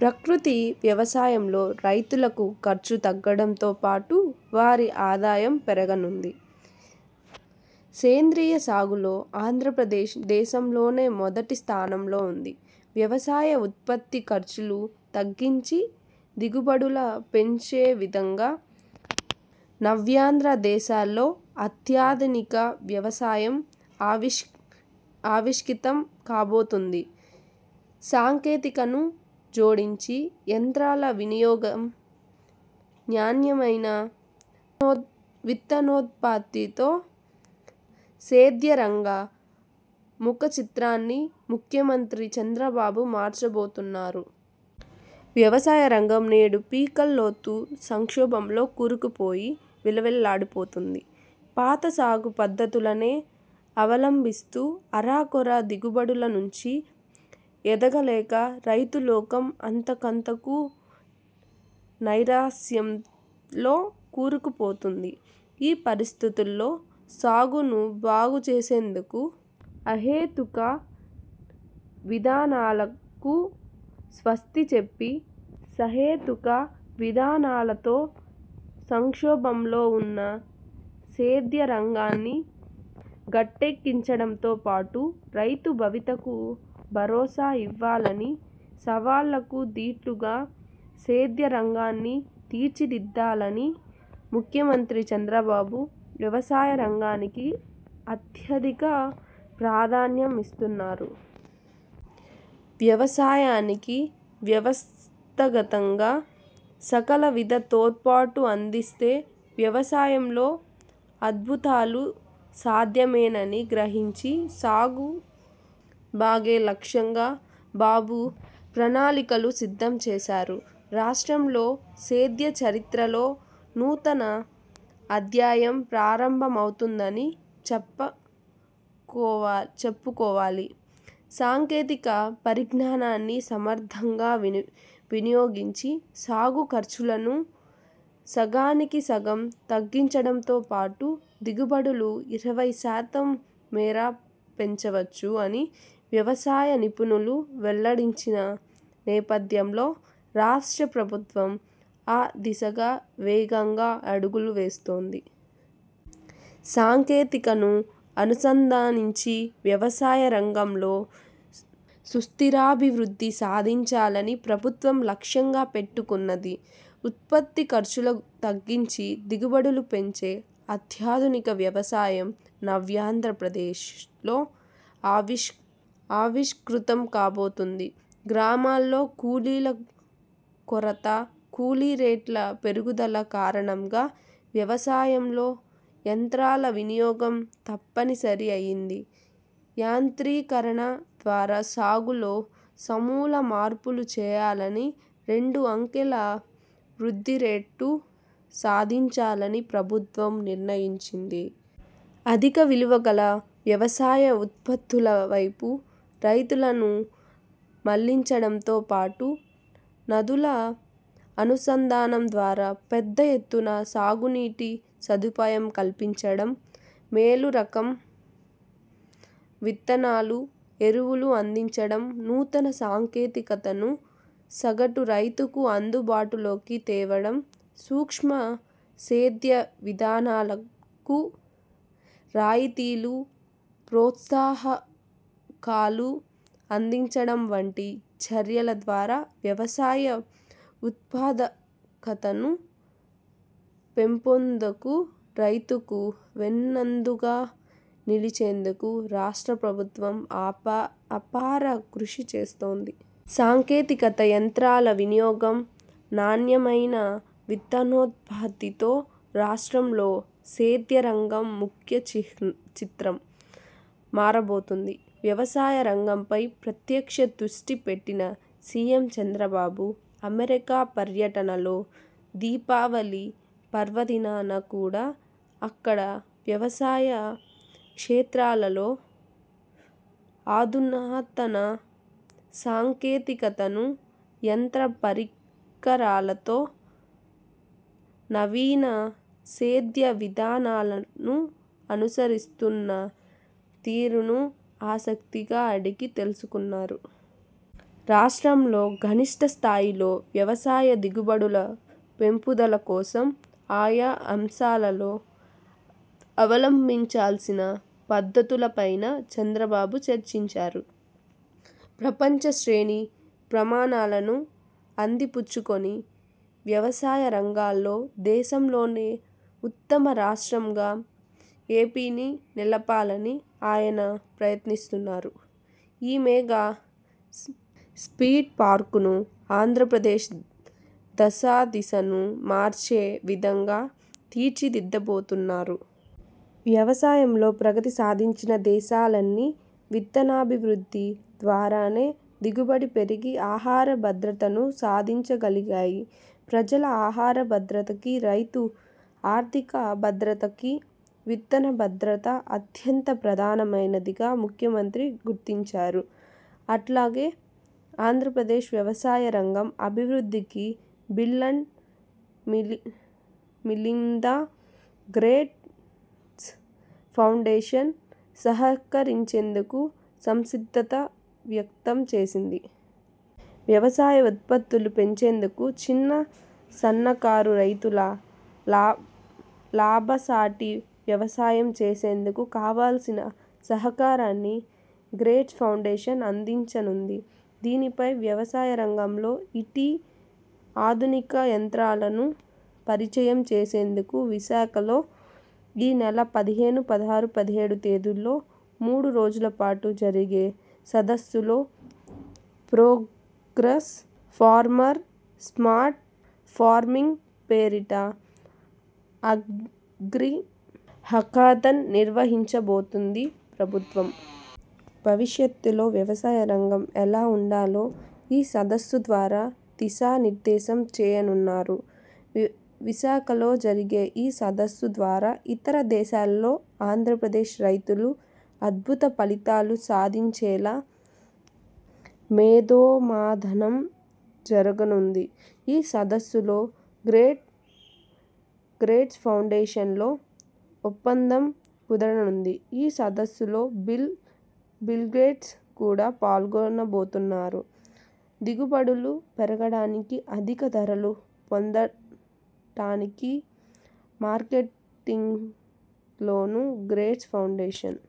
ప్రకృతి వ్యవసాయంతో రైతులకు ఖర్చు తగ్గడంతో పాటు వారి ఆదాయం పెరగనుంది. సేంద్రియ సాగులో ఆంధ్రప్రదేశ్ దేశంలోనే మొదటి స్థానంలో ఉంది. వ్యవసాయ ఉత్పత్తి ఖర్చులు తగ్గించి దిగుబడుల పెంచేవిధంగా నవ్యాంధ్రదేశాల్లో అత్యాధునిక వ్యవసాయం ఆవిష్కితం కాబోతుంది. సాంకేతికతను జోడించి యంత్రాల వినియోగం, నాణ్యమైన విత్తనో విత్తనోత్పత్తితో సేద్య రంగ ముఖచిత్రాన్ని ముఖ్యమంత్రి చంద్రబాబు మార్చబోతున్నారు. వ్యవసాయ రంగం నేడు పీకల్లోతు సంక్షోభంలో కూరుకుపోయి విలవిల్లాడిపోతుంది. పాత సాగు పద్ధతులనే అవలంబిస్తూ అరకొర దిగుబడుల నుంచి ఎదగలేక రైతులోకం అంతకంతకూ నైరాశ్యంలో కూరుకుపోతుంది. ఈ పరిస్థితుల్లో సాగును బాగుచేసేందుకు, అహేతుక విధానాలకు స్వస్తి చెప్పి సహేతుక విధానాలతో సంక్షోభంలో ఉన్న సేద్య రంగాన్ని గట్టెంక్కించడంతో పాటు రైతు భవితకు భరోసా ఇవ్వాలని, సవాళ్ళకు ధీటుగా సేద్య రంగాన్ని తీర్చిదిద్దాలని ముఖ్యమంత్రి చంద్రబాబు వ్యవసాయ రంగానికి అత్యధిక ప్రాధాన్యం ఇస్తున్నారు. వ్యవసాయానికి వ్యవస్థాగతంగా సకల విధ తోడ్పాటు అందిస్తే వ్యవసాయంలో అద్భుతాలు సాధ్యమేనని గ్రహించి సాగు బాగే లక్ష్యంగా బాబు ప్రణాళికలు సిద్ధం చేసారు. రాష్ట్రంలో సేద్య చరిత్రలో నూతన అధ్యాయం ప్రారంభమౌతుందని చెప్పుకోవాలి. సాంకేతిక పరిజ్ఞానాన్ని సమర్థంగా వినియోగించి సాగు ఖర్చులను సగానికి సగం తగ్గించడంతో పాటు దిగుబడులు ఇరవై శాతం మేర పెంచవచ్చు అని వ్యవసాయ నిపుణులు వెల్లడించిన నేపథ్యంలో రాష్ట్ర ప్రభుత్వం ఆ దిశగా వేగంగా అడుగులు వేస్తోంది। సాంకేతికతను అనుసంధానించి వ్యవసాయ రంగంలో సుస్థిరాభివృద్ధి సాధించాలని ప్రభుత్వం లక్ష్యంగా పెట్టుకొన్నది. ఉత్పత్తి ఖర్చులు తగ్గించి దిగుబడులు పెంచే అత్యాధునిక వ్యవసాయం నవ్యాంధ్రప్రదేశ్లో ఆవిష్కృతం కాబోతున్నది. గ్రామాల్లో కూలీల కొరత, కూలీ రేట్ల పెరుగుదల కారణంగా వ్యవసాయంలో యంత్రాల వినియోగం తప్పని సరి అయింది. యాంత్రీకరణ ద్వారా సాగులో సమూల మార్పులు చేయాలని, రెండు అంకెల వృద్ధిరేటు సాధించాలని ప్రభుత్వం నిర్ణయించింది. అధిక విలువ గల వ్యవసాయ ఉత్పత్తుల వైపు రైతులను మళ్లించడంతో పాటు, నదుల అనుసంధానం ద్వారా పెద్ద ఎత్తున సాగునీటి సదుపాయం కల్పించడం, మేలు రకం విత్తనాలు, ఎరువులు అందించడం, నూతన సాంకేతికతను సగటు రైతుకు అందుబాటులోకి తేవడం, సూక్ష్మ, సేద్య విధానాలకు రాయితీలు, ప్రోత్సాహకాలు అందించడం వంటి చర్యల ద్వారా వ్యవసాయ ఉత్పాదకతను పెంపొందుకు రైతుకు వెన్నదుగా నిలిచేందుకు రాష్ట్ర ప్రభుత్వం అపార కృషి చేస్తోంది. సాంకేతికత యంత్రాల వినియోగం నాణ్యమైన విత్తనోత్పత్తితో రాష్ట్రంలో సేద్య రంగం ముఖ్యచిత్రం మారబోతుంది. వ్యవసాయ రంగంపై ప్రత్యేక్ష దృష్టి పెట్టిన సీఎం చంద్రబాబు అమెరికా పర్యటనలో దీపావళి పర్వదినాన కూడా అక్కడ వ్యవసాయ క్షేత్రాలలో అధునాతన సాంకేతికతను, యంత్ర పరికరాలతో నవీన సేద్య విధానాలను అనుసరిస్తున్న తీరును ఆసక్తిగా అడిగి తెలుసుకున్నారు. రాష్ట్రంలో గనిష్ఠ స్థాయిలో వ్యవసాయ దిగుబడుల పెంపుదల కోసం ఆయా అంశాలలో అవలంబించాల్సిన పద్ధతులపైన చంద్రబాబు చర్చించారు. ప్రపంచశ్రేణి ప్రమాణాలను అందిపుచ్చుకొని వ్యవసాయ రంగంలో దేశంలోనే ఉత్తమ రాష్ట్రంగా ఏపీని నిలపాలని ఆయన ప్రయత్నిస్తున్నారు. ఈ మెగా స్పీడ్ పార్కును ఆంధ్రప్రదేశ్ దశా దిశను మార్చే విధంగా తీర్చిదిద్దబోతున్నారు. వ్యవసాయంలో ప్రగతి సాధించిన దేశాలన్నీ విత్తనాభివృద్ధి ద్వారానే దిగుబడి పెరిగి ఆహార భద్రతను సాధించగలిగాయి. ప్రజల ఆహార భద్రతకి, రైతు ఆర్థిక భద్రతకి విత్తన భద్రత అత్యంత ప్రధానమైనదిగా ముఖ్యమంత్రి గుర్తించారు. అట్లాగే ఆంధ్రప్రదేశ్ వ్యవసాయ రంగం అభివృద్ధికి Bill and Melinda Gates Foundation సహకరించేందుకు సంసిద్ధత వ్యక్తం చేసింది. వ్యవసాయ ఉత్పత్తులు పెంచేందుకు చిన్న, సన్నకారు రైతులు లాభసాటి వ్యవసాయం చేసేందుకు కావల్సిన సహకారాన్ని గ్రేట్ ఫౌండేషన్ అందించనుంది. దీనిపై వ్యవసాయ రంగంలో ఇటీ, ఆధునిక యంత్రాలను పరిచయం చేసేందుకు విశాఖలో ఈ నెల పదిహేను పదహరు పదిహేడు తేదీల్లో మూడు రోజుల పాటు జరిగే సదస్సులో ప్రోగ్రెస్ ఫార్మర్ స్మార్ట్ ఫార్మింగ్ పేరిట అగ్రి హకాథన్ నిర్వహించబోతుంది ప్రభుత్వం। భవిష్యత్తులో వ్యవసాయ రంగం ఎలా ఉండాలో ఈ సదస్సు ద్వారా దిశా నిర్దేశం చేయనున్నారు. విశాఖలో జరిగే ఈ సదస్సు ద్వారా ఇతర దేశాల్లో ఆంధ్రప్రదేశ్ రైతులు అద్భుత ఫలితాలు సాధించేలా మేధోమధనం జరగనుంది. ఈ సదస్సులో గ్రేట్ గ్రేట్స్ ఫౌండేషన్లో ఒప్పందం కుదరనుంది. ఈ సదస్సులో బిల్ గేట్స్ కూడా పాల్గొనబోతున్నారు. దిగుబడులు పెరగటానికి, అధిక ధరలు పొందటానికి మార్కెటింగ్లోనూ గేట్స్ ఫౌండేషన్